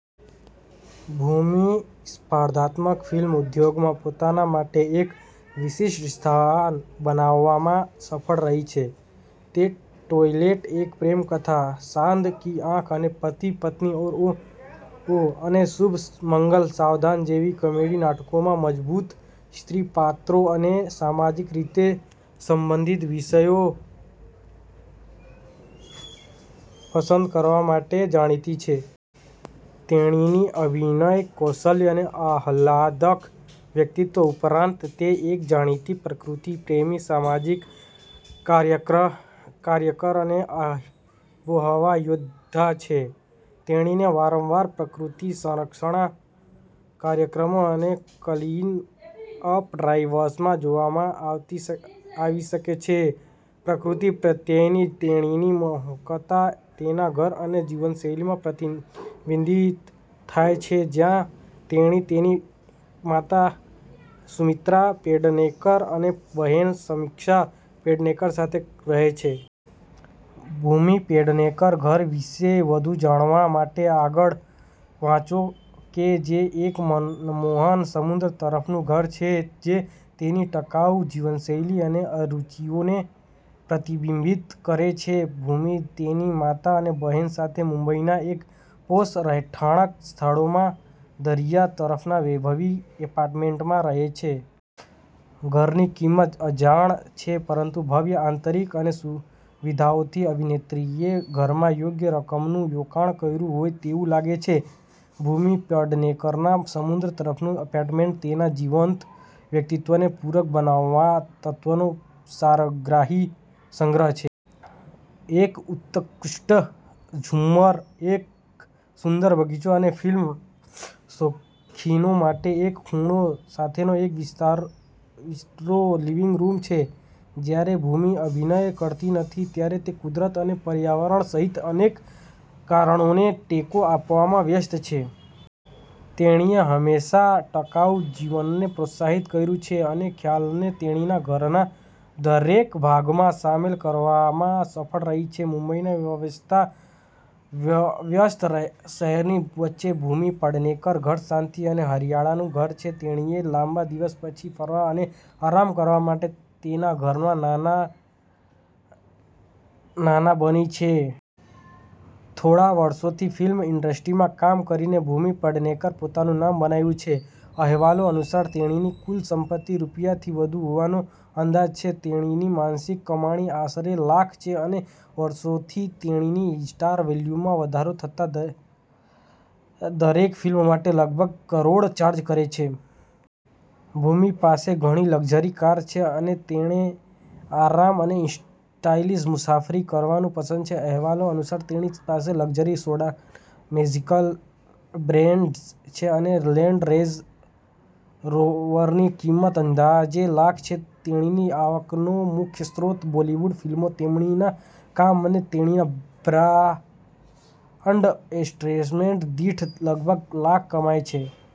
ભૂમિ સ્પર્ધાત્મક ફિલ્મ ઉદ્યોગમાં પોતાના માટે એક વિશિષ્ટ સ્થાન બનાવવામાં સફળ રહી છે. તે ટોયલેટ એક પ્રેમ કથા, સાંદ કી આંખ અને પતિ પત્ની ઔર વો અને શુભ મંગલ સાવધાન જેવી કોમેડી નાટકોમાં મજબૂત સ્ત્રી પાત્રો અને સામાજિક રીતે સંબંધિત વિષયો પસંદ કરવા માટે જાણીતી છે. તેણીની અભિનય કૌશલ્ય અને આહલાદક વ્યક્તિત્વ ઉપરાંત, તે એક જાણીતી પ્રકૃતિ પ્રેમી, સામાજિક કાર્યકર અને આબોહવા યોદ્ધા છે. તેણીને વારંવાર પ્રકૃતિ સંરક્ષણ કાર્યક્રમો અને ક્લીન-અપ ડ્રાઇવ્સમાં જોવામાં આવી શકે છે. પ્રકૃતિ પ્રત્યેની તેણીની મોહકતા તેના ઘર અને જીવનશૈલીમાં પ્રતિબિંબિત થાય છે, જ્યાં તેણી તેની માતા સુમિત્રા પેડનેકર અને બહેન સમિક્ષા પેડનેકર સાથે રહે છે. ભૂમિ પેડનેકર ઘર વિશે વધુ જાણવા માટે આગળ વાંચો કે જે એક મનમોહક સમુદ્ર તરફનું ઘર છે જે તેની ટકાઉ જીવનશૈલી અને રુચિઓને પ્રતિબિંબિત કરે છે. ભૂમિ તેની માતા અને બહેન સાથે મુંબઈના એક પોશ રહેણાંક સ્થળોમાં દરિયા તરફના વૈભવી એપાર્ટમેન્ટમાં રહે છે. ઘરની કિંમત અજાણ છે પરંતુ ભવ્ય આંતરિક અને સુવિધાઓથી અભિનેત્રીએ ઘરમાં યોગ્ય રકમનું રોકાણ કર્યું હોય તેવું લાગે છે. ભૂમિ પેડનેકરના સમુદ્ર તરફના એપાર્ટમેન્ટમાં તેના જીવંત વ્યક્તિત્વને પૂરક બનાવવા તત્વોનો સારગ્રાહી સંગ્રહ છે. એક ઉત્કૃષ્ટ ઝુમ્મર, એક સુંદર બગીચો અને ફિલ્મ શોખીનો માટે એક ખૂણો સાથેનો એક વિસ્તરતો લિવિંગ રૂમ છે. જ્યારે ભૂમિ અભિનય કરતી નથી, ત્યારે તે કુદરત અને પર્યાવરણ સહિત અનેક કારણોને ટેકો આપવામાં વ્યસ્ત છે. તેણીએ હંમેશા ટકાઉ જીવનને પ્રોત્સાહિત કર્યું છે અને ખ્યાલને તેણીના ઘરના દરેક ભાગમાં સામેલ કરવામાં સફળ રહી છે. મુંબઈના અસ્તવ્યસ્ત, વ્યસ્ત શહેરની વચ્ચે ભૂમિ પેડનેકર ઘર શાંતિ અને હરિયાળીનું ઘર છે. તેણીએ લાંબા દિવસ પછી ફરવા અને આરામ કરવા માટે તેના ઘરમાં નાના, આરામદાયક ખૂણાઓ તેમજ લીલી જગ્યાઓ બનાવી છે. થોડાં વર્ષોથી ફિલ્મ ઈન્ડસ્ટ્રીમાં કામ કરીને ભૂમિ પેડનેકરે પોતાનું નામ બનાવ્યું છે. અહેવાલો અનુસાર, તેણીની કુલ સંપત્તિ રૂ. થી વધુ હોવાનો અંદાજ છે. તેણીની માસિક કમાણી આશરે લાખ છે અને વર્ષોથી તેણીની સ્ટાર વેલ્યુમાં વધારો થતાં તે દરેક ફિલ્મ માટે લગભગ કરોડ ચાર્જ કરે છે. ભૂમિ પાસે ઘણી લક્ઝરી કાર છે અને તેને આરામ અને સ્ટાઇલમાં મુસાફરી કરવાનું પસંદ છે. અહેવાલો અનુસાર, તેણી પાસે લક્ઝરી સેડાન મર્સિડીઝ બેન્ઝ છે અને લેન્ડ રેન્જ રોવરની કિંમત અંદાજે લાખ છે. તેણીની આવકનો મુખ્ય સ્ત્રોત બોલિવૂડ ફિલ્મોમાં તેણીના કામ અને તેણીના બ્રાન્ડ એન્ડોર્સમેન્ટ્સ છે. ભૂમિ બ્રાન્ડ એન્ડોર્સમેન્ટ દીઠ લગભગ લાખ કમાય છે.